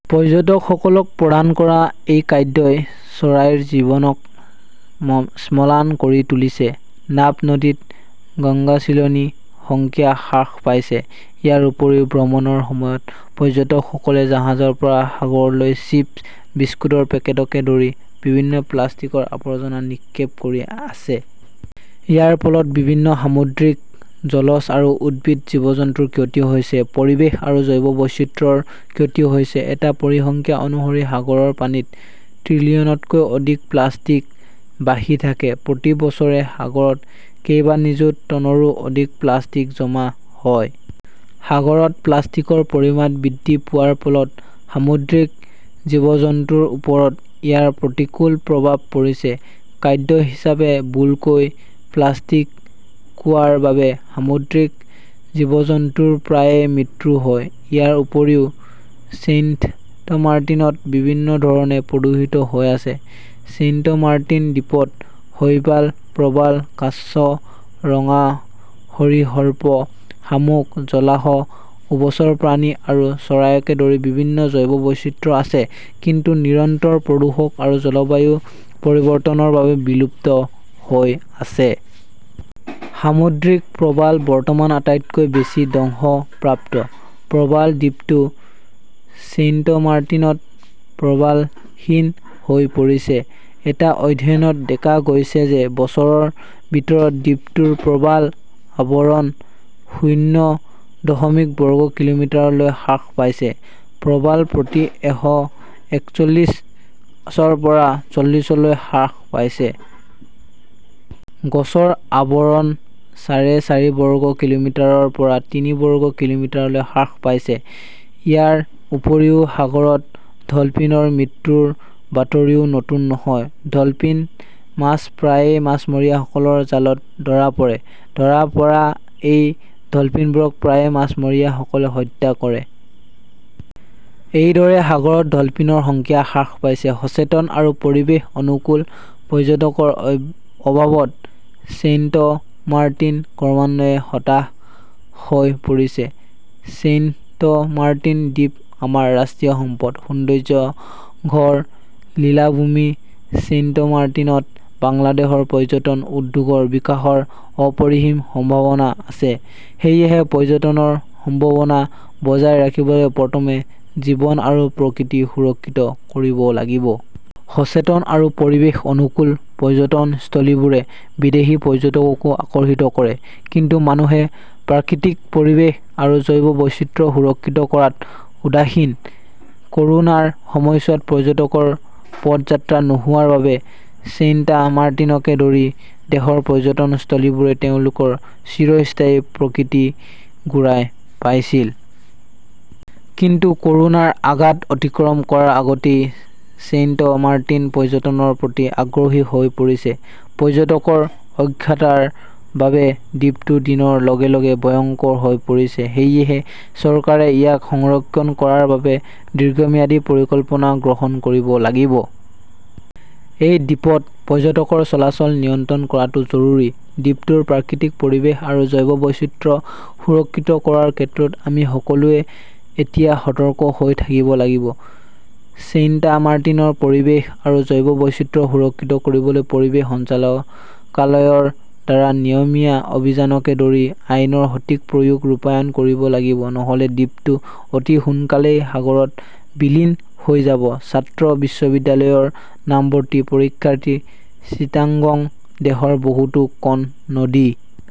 পৰ্যটকসকলক প্ৰদান কৰা এই কাদ্যই চৰাইৰ জীৱনক ম স্মলান কৰি তুলিছে, নাফ নদীত গঙ্গাচিলনী সংখ্যা হ্ৰাস পাইছে। ইয়াৰ উপৰিও ভ্ৰমণৰ সময়ত পৰ্যটকসকলে জাহাজৰ পৰা সাগৰলৈ চিপ, বিস্কুটৰ পেকেটকে ধৰি বিভিন্ন প্লাষ্টিকৰ আৱৰ্জনা নিক্ষেপ কৰি আছে। ইয়াৰ ফলত বিভিন্ন সামুদ্ৰিক জলজ আৰু উদ্ভিদ জীৱ-জন্তুৰ ক্ষতি হৈছে। পৰিৱেশ আৰু জৈৱ বৈচিত্ৰ্যৰ ক্ষতি হৈছে। এটা পৰিসংখ্যা অনুসৰি সাগৰৰ পানীত ট্ৰিলিয়নতকৈও অধিক প্লাষ্টিক বাহি থাকে। প্ৰতি বছৰে সাগৰত কেইবা নিযুত টনৰো অধিক প্লাষ্টিক জমা হয়। সাগৰত প্লাষ্টিকৰ পৰিমাণ বৃদ্ধি পোৱাৰ ফলত সামুদ্ৰিক জীৱ-জন্তুৰ ওপৰত ইয়াৰ প্ৰতিকূল প্ৰভাৱ পৰিছে। কাদ্য হিচাপে বুলকৈ প্লাষ্টিক কোৱাৰ বাবে সামুদ্ৰিক জীৱ-জন্তুৰ প্ৰায়ে মৃত্যু হয়। ইয়াৰ উপৰিও ছেইণ্টমাৰ্টিনত বিভিন্ন ধৰণে প্ৰদূষিত হৈ আছে। ছেইণ্টমাৰ্টিন দ্বীপত শৈবাল, প্ৰবাল, কাছ, ৰঙা সৰীসৰ্প, শামুক, জলাহ, উভচৰ প্ৰাণী আৰু চৰাইকে ধৰি বিভিন্ন জৈৱ বৈচিত্ৰ্য আছে, কিন্তু নিৰন্তৰ প্ৰদূষণ আৰু জলবায়ু পৰিৱৰ্তনৰ বাবে বিলুপ্ত হৈ আছে। সামুদ্ৰিক প্ৰবাল বৰ্তমান আটাইতকৈ বেছি ধ্বংসপ্ৰাপ্ত। প্ৰবাল দ্বীপটো ছেইণ্টমাৰ্টিনত প্ৰবালহীন হৈ পৰিছে। এটা অধ্যয়নত দেকা গৈছে যে বছৰৰ ভিতৰত দ্বীপটোৰ প্ৰবাল আৱৰণ শূন্য দশমিক বৰ্গ কিলোমিটাৰলৈ হ্ৰাস পাইছে। প্ৰবাল প্ৰতি এশএকচল্লিছ ৰ পৰা চল্লিছলৈ হ্ৰাস পাইছে। গছৰ আৱৰণ চাৰে চাৰি বৰ্গ কিলোমিটাৰৰ পৰা তিনি বৰ্গ কিলোমিটাৰলৈ হ্ৰাস পাইছে। ইয়াৰ উপৰিও সাগৰত ডলফিনৰ মৃত্যুৰ বাতৰিও নতুন নহয়। ডলফিন মাছ প্ৰায়ে মাছমৰীয়াসকলৰ জালত ধৰা পৰে। ধৰা পৰা এই ডলফিনবোৰক প্ৰায়ে মাছমৰীয়াসকলে হত্যা কৰে। এইদৰে সাগৰত ডলফিনৰ সংখ্যা হ্ৰাস পাইছে। সচেতন আৰু পৰিৱেশ-অনুকূল পৰ্যটকৰ অভাৱত ছেইণ্টমাৰ্টিন ক্ৰমান্বয়ে হতাশ হৈ পৰিছে। ছেইণ্টমাৰ্টিন দ্বীপ আমাৰ ৰাষ্ট্ৰীয় সম্পদ। সৌন্দৰ্য্যঘৰ লীলাভূমি ছেইণ্টমাৰ্টিনত বাংলাদেশৰ পৰ্যটন উদ্যোগৰ বিকাশৰ অপৰিসীম সম্ভাৱনা আছে। সেয়েহে পৰ্যটনৰ সম্ভাৱনা বজাই ৰাখিবলৈ প্ৰথমে জীৱন আৰু প্ৰকৃতি সুৰক্ষিত কৰিব লাগিব। সচেতন আৰু পৰিৱেশ-অনুকূল পৰ্যটনস্থলীবোৰে বিদেশী পৰ্যটককো আকৰ্ষিত কৰে, কিন্তু মানুহে প্ৰাকৃতিক পৰিৱেশ আৰু জৈৱ বৈচিত্ৰ্য সুৰক্ষিত কৰাত উদাসীন । ক'ৰোনাৰ সময়ছোৱাত পৰ্যটকৰ পদযাত্ৰা নোহোৱাৰ বাবে ছেইণ্টমাৰ্টিনকে ধৰি দেশৰ পৰ্যটনস্থলীবোৰে তেওঁলোকৰ চিৰস্থায়ী প্ৰকৃতি ঘূৰাই পাইছিল। কিন্তু ক'ৰোনাৰ আগাত অতিক্ৰম কৰাৰ আগতেই ছেইণ্টমাৰ্টিন পৰ্যটনৰ প্ৰতি আগ্ৰহী হৈ পৰিছে। পৰ্যটকৰ অজ্ঞতাৰ বাবে দ্বীপটো দিনৰ লগে লগে ভয়ংকৰ হৈ পৰিছে। সেয়েহে চৰকাৰে ইয়াক সংৰক্ষণ কৰাৰ বাবে দীৰ্ঘম্যাদী পৰিকল্পনা গ্ৰহণ কৰিব লাগিব। এই দ্বীপত পৰ্যটকৰ চলাচল নিয়ন্ত্ৰণ কৰাটো জৰুৰী। দ্বীপটোৰ প্ৰাকৃতিক পৰিৱেশ আৰু জৈৱ বৈচিত্ৰ্য সুৰক্ষিত কৰাৰ কেত্ৰত আমি সকলোৱে এতিয়া সতৰ্ক হৈ থাকিব লাগিব। ছেইণ্টমাৰ্টিনৰ পৰিৱেশ আৰু জৈৱ বৈচিত্ৰ্য সুৰক্ষিত কৰিবলৈ পৰিৱেশ সঞ্চালকালয়ৰ দ্বাৰা নিয়মীয়া অভিযানকে ধৰি আইনৰ সঠিক প্ৰয়োগ ৰূপায়ণ কৰিব লাগিব, নহ'লে দ্বীপটো অতি সোনকালেই সাগৰত বিলীন হৈ যাব। ছাত্ৰ, বিশ্ববিদ্যালয়ৰ নামভৰ্তি পৰীক্ষাৰ্থী, চিটাংগং দেশৰ বহুতো খন নদী